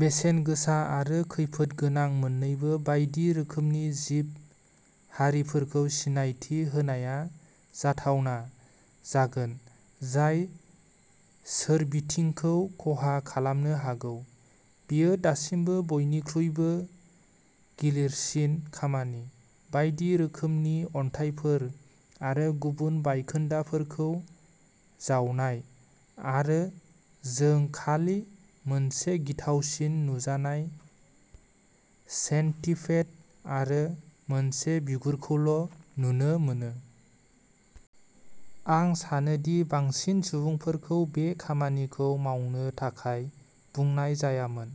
बेसेन गोसा आरो खैफोदगोनां मोननैबो बायदि रोखोमनि जिब-हारिफोरखौ सिनायथि होनाया जाथावना जागोन जाय सोरबिथिंखौ खहा खालामनो हागौ। बेयो दासिमनि बयनिख्रुइबो गिलिरसिन खामानि, बायदि रोखोमनि अन्थाइफोर आरो गुबुन बायखोन्दाफोरखौ जावनाय आरो जों खालि मोनसे गिथावसिन नुजानाय सेन्टिपेड आरो मोनसे बिगुरखौल' नुनो मोनो। आं सानो दि बांसिन सुबुंफोरखौ बे खामानिखौ मावनो थाखाय बुंनाय जायामोन,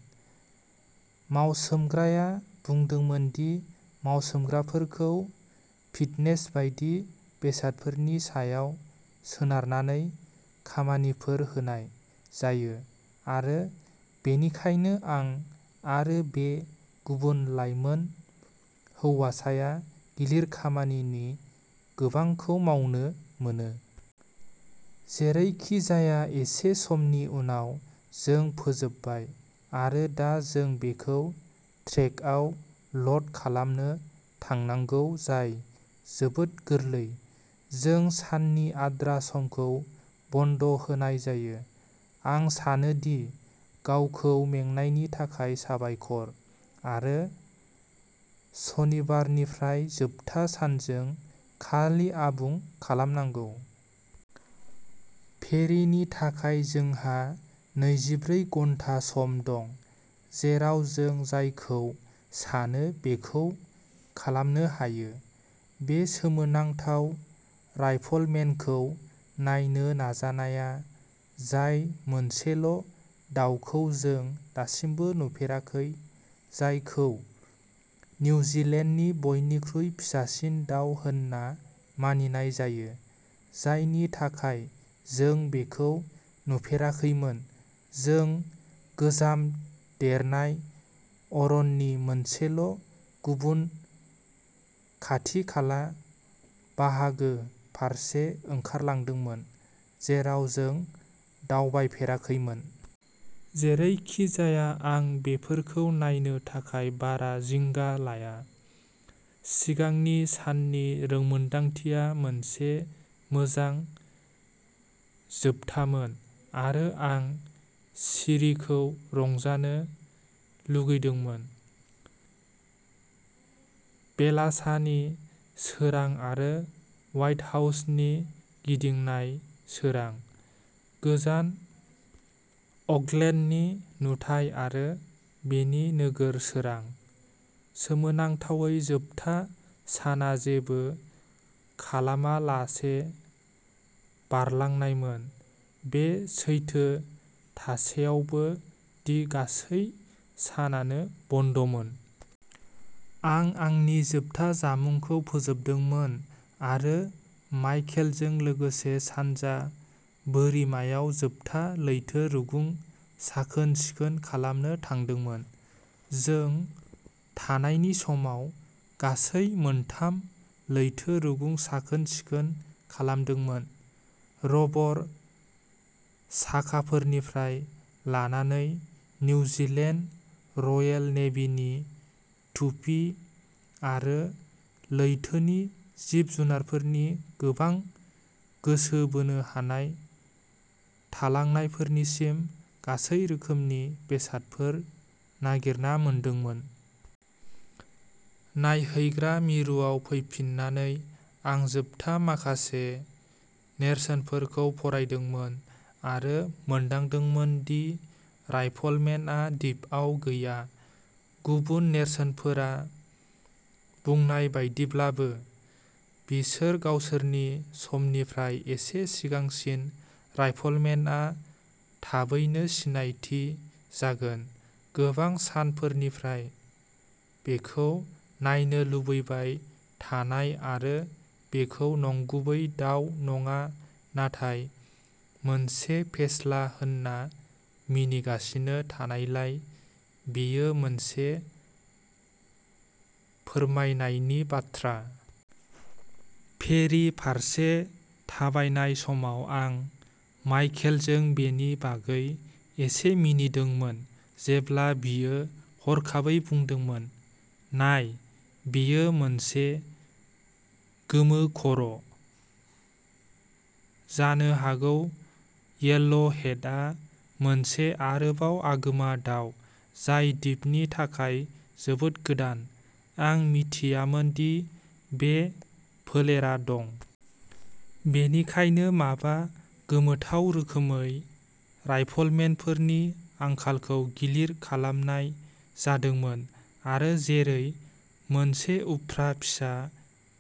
मावसोमग्राया बुंदोंमोन दि मावसोमग्राफोरखौ फिटनेस बायदि बेसादफोरनि सायाव सोनारनानै खामानिफोर होनाय जायो आरो बेनिखायनो आं आरो बे गुबुन लाइमोन हौवासाया गिलिर खामानिनि गोबांखौ मावनो मोनो। जेरैखिजाया एसे समनि उनाव जों फोजोबबाय आरो दा जों बेखौ ट्रेकआव ल'ड खालामनो थांनांगौ जाय जोबोद गोरलै। जों साननि आद्रा समखौ बन्द' होनाय जायो, आं सानो दि गावखौ मेंनायनि थाखाय साबायखर। आरो शनिबारनिफ्राय जोबथा सानजों खालि आबुं खालामनांगौ। फैरिनि थाखाय जोंहा नैजिब्रै घन्टा सम दं, जेराव जों जायखौ सानो बेखौ खालामनो हायो। बे सोमोनांथाव राइफलमेनखौ नायनो नाजानाया, जाय मोनसेल' दाउखौ जों दासिमबो नुफेराखै जायखौ निउजिलेन्डनि बयनिख्रुइ फिसासिन दाउ होनना मानिनाय जायो, जायनि थाखाय जों बेखौ नुफेराखैमोन जों गोजाम देरनाय अरननि मोनसेल' गुबुन खाथि-खाला बाहागो फारसे ओंखारलांदोंमोन, जेराव जों दावबायफेराखैमोन। जेरैखिजाया आं बेफोरखौ नायनो थाखाय बारा जिंगा लाया। सिगांनि साननि रोंमोनदांथिया मोनसे मोजां जोबथामोन आरो आं सिरिखौ रंजानो लुगैदोंमोन। बेलासानि सोरां आरो लाइटहाउसनि गिदिंनाय सोरां, गोजान अकलेन्डनि नुथाय आरो बेनि नोगोर सोरां। सोमोनांथावै, जोबथा साना जेबो खालामालासे बारलांनायमोन, बे सैथो थासेयावबो दि गासै सानानो बन्दमोन। आं आंनि जोबथा जामुंखौ फोजोबदोंमोन आरो माइकेलजों लोगोसे सानजा बोरिमायाव जोबथा लैथो रुगुं साखोन-सिखोन खालामनो थांदोंमोन। जों थानायनि समाव गासै मोनथाम लैथो रुगुं साखोन-सिखोन खालामदोंमोन, रबर साखाफोरनिफ्राय लानानै निउजिलेन्ड रयेल नेभिनि टुपि आरो लैथोनि जिब-जुनारफोरनि गोबां गोसो बोनो हानाय थालांनायफोरसिम गासै रोखोमनि बेसादफोर नागिरना मोनदोंमोन। नायहैग्रा मिरुआव फैफिन्नानै, आं जोबथा माखासे नेरसोनफोरखौ फरायदोंमोन आरो मोनदांदोंमोन दि राइफलमेनआ दिपआव गैया, गुबुन नेरसोनफोरा बुंनाय बायदिब्लाबो। बिसोर गावसोरनि समनिफ्राय एसे सिगांसिन राइफलमेनआ थाबैनो सिनायथि जागोन। गोबां सानफोरनिफ्राय बेखौ नायनो लुबैबाय थानाय आरो बेखौ नंगुबै दाउ नङा, नाथाय मोनसे फेस्ला होनना मिनिगासिनो थानायलाय, बेयो मोनसे फोरमायनायनि बाथ्रा। फेरि फारसे थाबायनाय समाव, आं माइकेलजों बेनि बागै एसे मिनिदोंमोन जेब्ला बियो हरखाबै बुंदोंमोन- "नाय, बेयो मोनसे गोमो खर" जानो हागौ येल' हेडआ मोनसे आरोबाव आगोमा दाउ जाय दिपनि थाखाय जोबोद गोदान। आं मिथियामोन दि बे फोलेरा दं। बेनिखायनो माबा गोमोथाव रोखोमै, राइफलमेनफोरनि आंखालखौ गिलिर खालामनाय जादोंमोन आरो जेरै मोनसे उफ्रा फिसा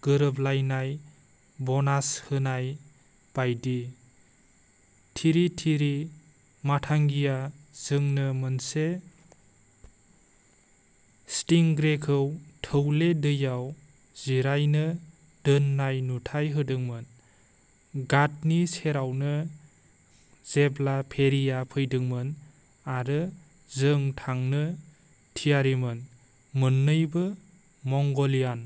गोरोबलायनाय बनास होनाय बायदि, तिरितिरि मातांगिआ जोंनो मोनसे स्टिंग्रेखौ थौले दैयाव जिरायनो दोननाय नुथाइ होदोंमोन, घाटनि सेरावनो जेब्ला फेरिआ फैदोंमोन आरो जों थांनो थियारिमोन। मोननैबो मंगलियान।